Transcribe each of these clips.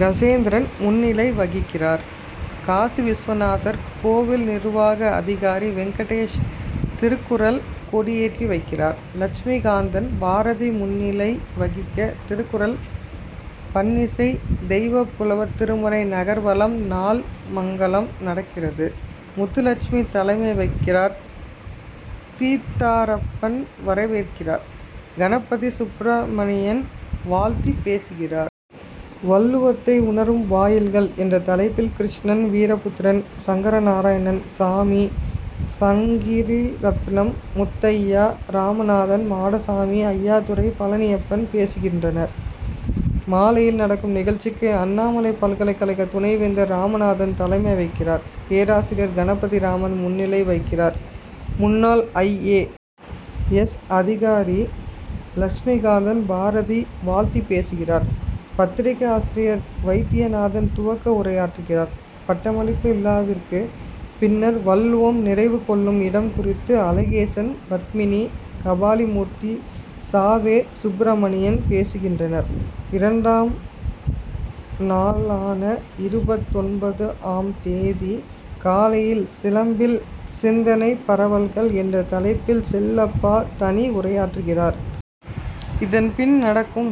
கசேந்திரன் முன்னிலை வகிக்கிறார். காசிவிசுநாதர் கோயில் நிர்வாக அதிகாரி வெங்கடேஷ் திருக்குறள் கொடியேற்றி வைக்கிறார். லட்சுமி காந்தன் பாரதி முன்னிலை வகிக்க திருக்குறள் பண்ணிசை, தெய்வப்புலவர் திருமறை நகர்வலம், நாள் மங்கலம் நடக்கிறது. முத்துலட்சுமி தலைமை வகிக்கிறார். தீத்தாரப்பன் வரவேற்கிறார். கணபதி சுப்பிரமணியன் வாழ்த்தி பேசுகிறார். வள்ளுவத்தை உணரும் வாயில்கள் என்ற தலைப்பில் கிருஷ்ணன், வீரபுத்திரன், சங்கரநாராயணன், சாமி, சங்கிலிரத்னம், முத்தையா, ராமநாதன், மாடசாமி, ஐயாத்துரை, பழநியப்பன் பேசுகின்றனர். மாலையில் நடக்கும் நிகழ்ச்சிக்கு அண்ணாமலை பல்கலைக்கழக துணை வேந்தர் ராமநாதன் தலைமை வகிக்கிறார். பேராசிரியர் கணபதிராமன் முன்னிலை வகிக்கிறார். முன்னாள் ஐ. ஏ. எஸ். அதிகாரி லட்சுமிகாந்தன் பாரதி வாழ்த்தி பேசுகிறார். பத்திரிகை ஆசிரியர் வைத்தியநாதன் துவக்க உரையாற்றுகிறார். பட்டமளிப்பு விழாவிற்கு பின்னர் வள்ளுவம் நிறைவு கொள்ளும் இடம் குறித்து அழகேசன், பத்மினி கபாலிமூர்த்தி ச. வே. சுப்பிரமணியன் பேசுகின்றனர். இரண்டாம் நாளான இருபத்தொன்பது ஆம் தேதி காலையில் சிலம்பில் சிந்தனைப்பரவல்கள் என்ற தலைப்பில் செல்லப்பா தனி உரையாற்றுகிறார். இதன் பின் நடக்கும்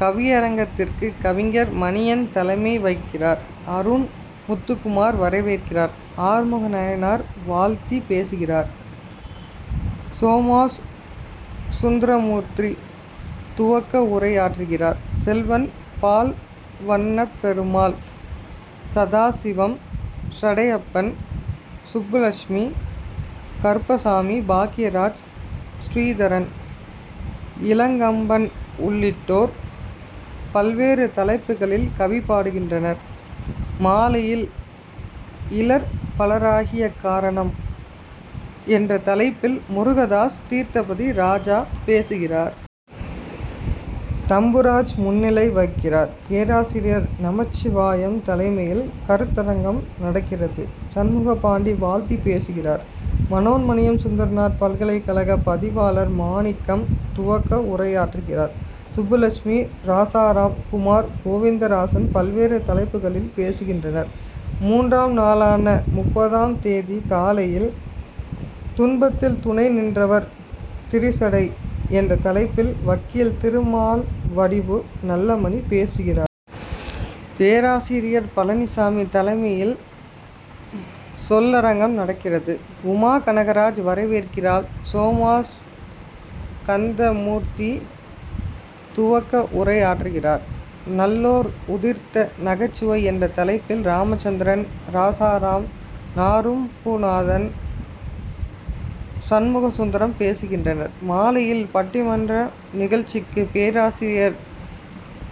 கவிரயங்கத்திற்கு கவிஞர் மணியன் தலைமை வகிக்கிறார். அருண் முத்துக்குமார் வரவேற்கிறார். ஆறுமுகநயினார் வாழ்த்தி பேசுகிறார். சோமாஸ் சுந்தரமூர்த்தி துவக்க உரையாற்றுகிறார். செல்வன், பால்வண்ணப்பெருமாள், சதாசிவம், சடையப்பன், சுப்புலட்சுமி, கருப்பசாமி, பாக்கியராஜ், ஸ்ரீதரன், இளங்கம்பன் உள்ளிட்டோர் பல்வேறு தலைப்புகளில் கவி பாடுகின்றனர். மாலையில் இலர் பலராகிய காரணம் என்ற தலைப்பில் முருகதாஸ் தீர்த்தபதி ராஜா பேசுகிறார். தம்புராஜ் முன்னிலை வகிக்கிறார். பேராசிரியர் நமச்சிவாயம் தலைமையில் கருத்தரங்கம் நடக்கிறது. சண்முகப்பாண்டி வாழ்த்தி பேசுகிறார். மனோன்மணியம் சுந்தரனார் பல்கலைக்கழக பதிவாளர் மாணிக்கம் துவக்க உரையாற்றுகிறார். சுப்புலட்சுமி, ராசாராம், குமார், கோவிந்தராசன் பல்வேறு தலைப்புகளில் பேசுகின்றனர். மூன்றாம் நாளான முப்பது ஆம் தேதி காலையில் துன்பத்தில் துணை நின்றவர் திரிசடை என்ற தலைப்பில் வக்கீல் திருமால்வடிவு நல்லமணி பேசுகிறார். பேராசிரியர் பழநிசாமி தலைமையில் சொல்லரங்கம் நடக்கிறது. உமா கனகராஜ் வரவேற்கிறார். சோமாஸ்கந்த மூர்த்தி துவக்க உரையாற்றுகிறார். நல்லோர் உதிர்த்த நகைச்சுவை என்ற தலைப்பில் ராமச்சந்திரன், ராசாராம், நாறும் பூநாதன், சண்முகசுந்தரம் பேசுகின்றனர். மாலையில் பட்டிமண்ற நிகழ்ச்சிக்கு பேராசிரியர்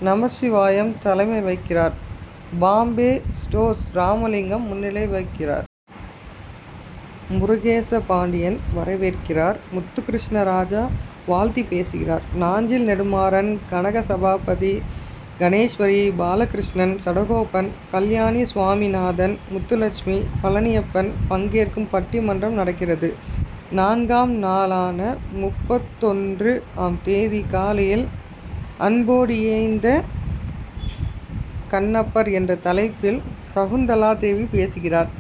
நமச்சிவாயம் தலைமை வகிக்கிறார். பாம்பே ஸ்டோர்ஸ் ராமலிங்கம் முன்னிலை வகிக்கிறார். முருகேசபாண்டியன் வரவேற்கிறார். முத்துகிருஷ்ணராஜா வாழ்த்தி பேசுகிறார். நாஞ்சில் நெடுமாறன், கனகசபாபதி, கணேஷ்வரி, பாலகிருஷ்ணன், சடகோபன், கல்யாணி சிவகாமிநாதன், முத்துலட்சுமி, பழநியப்பன் பங்கேற்கும் பட்டிமன்றம் நடக்கிறது. நான்காம் நாளான முப்பத்தொன்று ஆம் தேதி காலையில் அன்போடியைந்த கண்ணப்பர் என்ற தலைப்பில் சகுந்தலா தேவி பேசுகிறார்.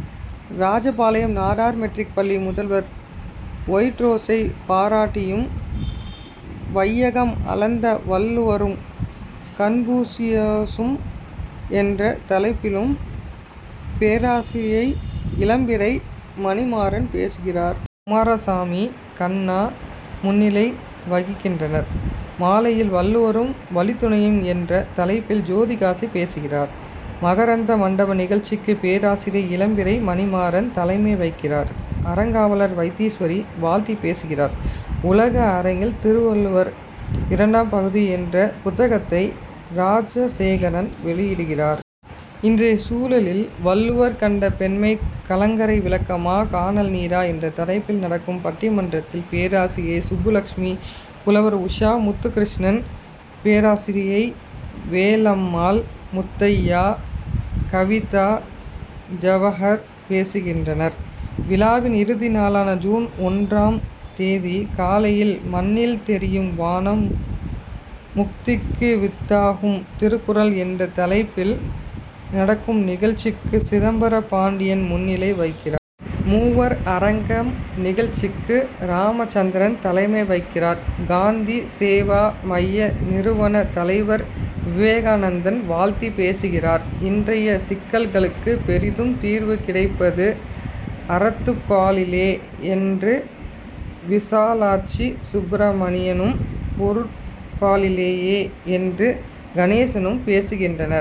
ராஜபாளையம் நாடார் மெட்ரிக் பள்ளி முதல்வர் ஒயிட்ரோசை பாராட்டியும், வையகம் அளந்த வள்ளுவரும், கன்பூசியாசும் என்ற தலைப்பிலும் பேராசிரியை இளம்பிறை மணிமாறன் பேசுகிறார். குமாரசாமி, கண்ணா முன்னிலை வகிக்கின்றனர். மாலையில் வள்ளுவரும், வழித்துணையும் என்ற தலைப்பில் ஜோதிகாசி பேசுகிறார். மகரந்த மண்டப நிகழ்ச்சிக்கு பேராசிரியை இளம்பிறை மணிமாறன் தலைமை வகிக்கிறார். அறங்காவலர் வைத்தீஸ்வரி வாழ்த்தி பேசுகிறார். உலக அரங்கில் திருவள்ளுவர் இரண்டு ஆம் பகுதி என்ற புத்தகத்தை ராஜசேகரன் வெளியிடுகிறார். இன்றைய சூழலில் வள்ளுவர் கண்ட பெண்மை கலங்கரை விளக்கமா? கானல் நீரா? என்ற தலைப்பில் நடக்கும் பட்டி மன்றத்தில் பேராசிரியை சுப்புலட்சுமி, புலவர் உஷா முத்துகிருஷ்ணன், பேராசிரியை வேலம்மாள் முத்தையா, கவிதா ஜவஹர் பேசுகின்றனர். விழாவின் இறுதி நாளான ஜூன் ஒன்றாம் தேதி காலையில் மண்ணில் தெரியும் வானம் முக்திக்கு வித்தாகும் திருக்குறள் என்ற தலைப்பில் நடக்கும் நிகழ்ச்சிக்கு சிதம்பர பாண்டியன் முன்னிலை வகிக்கிறார். மூவர் அரங்கம் நிகழ்ச்சிக்கு ராமச்சந்திரன் தலைமை வகிக்கிறார். காந்தி சேவா மைய நிறுவன தலைவர் விவேகானந்தன் வாழ்த்தி பேசுகிறார். இன்றைய சிக்கல்களுக்கு பெரிதும் தீர்வு கிடைப்பது அறத்துப்பாலிலே என்று விசாலாட்சி சுப்பிரமணியனும், பொருட்பாலிலே என்று கணேசனும் பேசுகின்றனர்.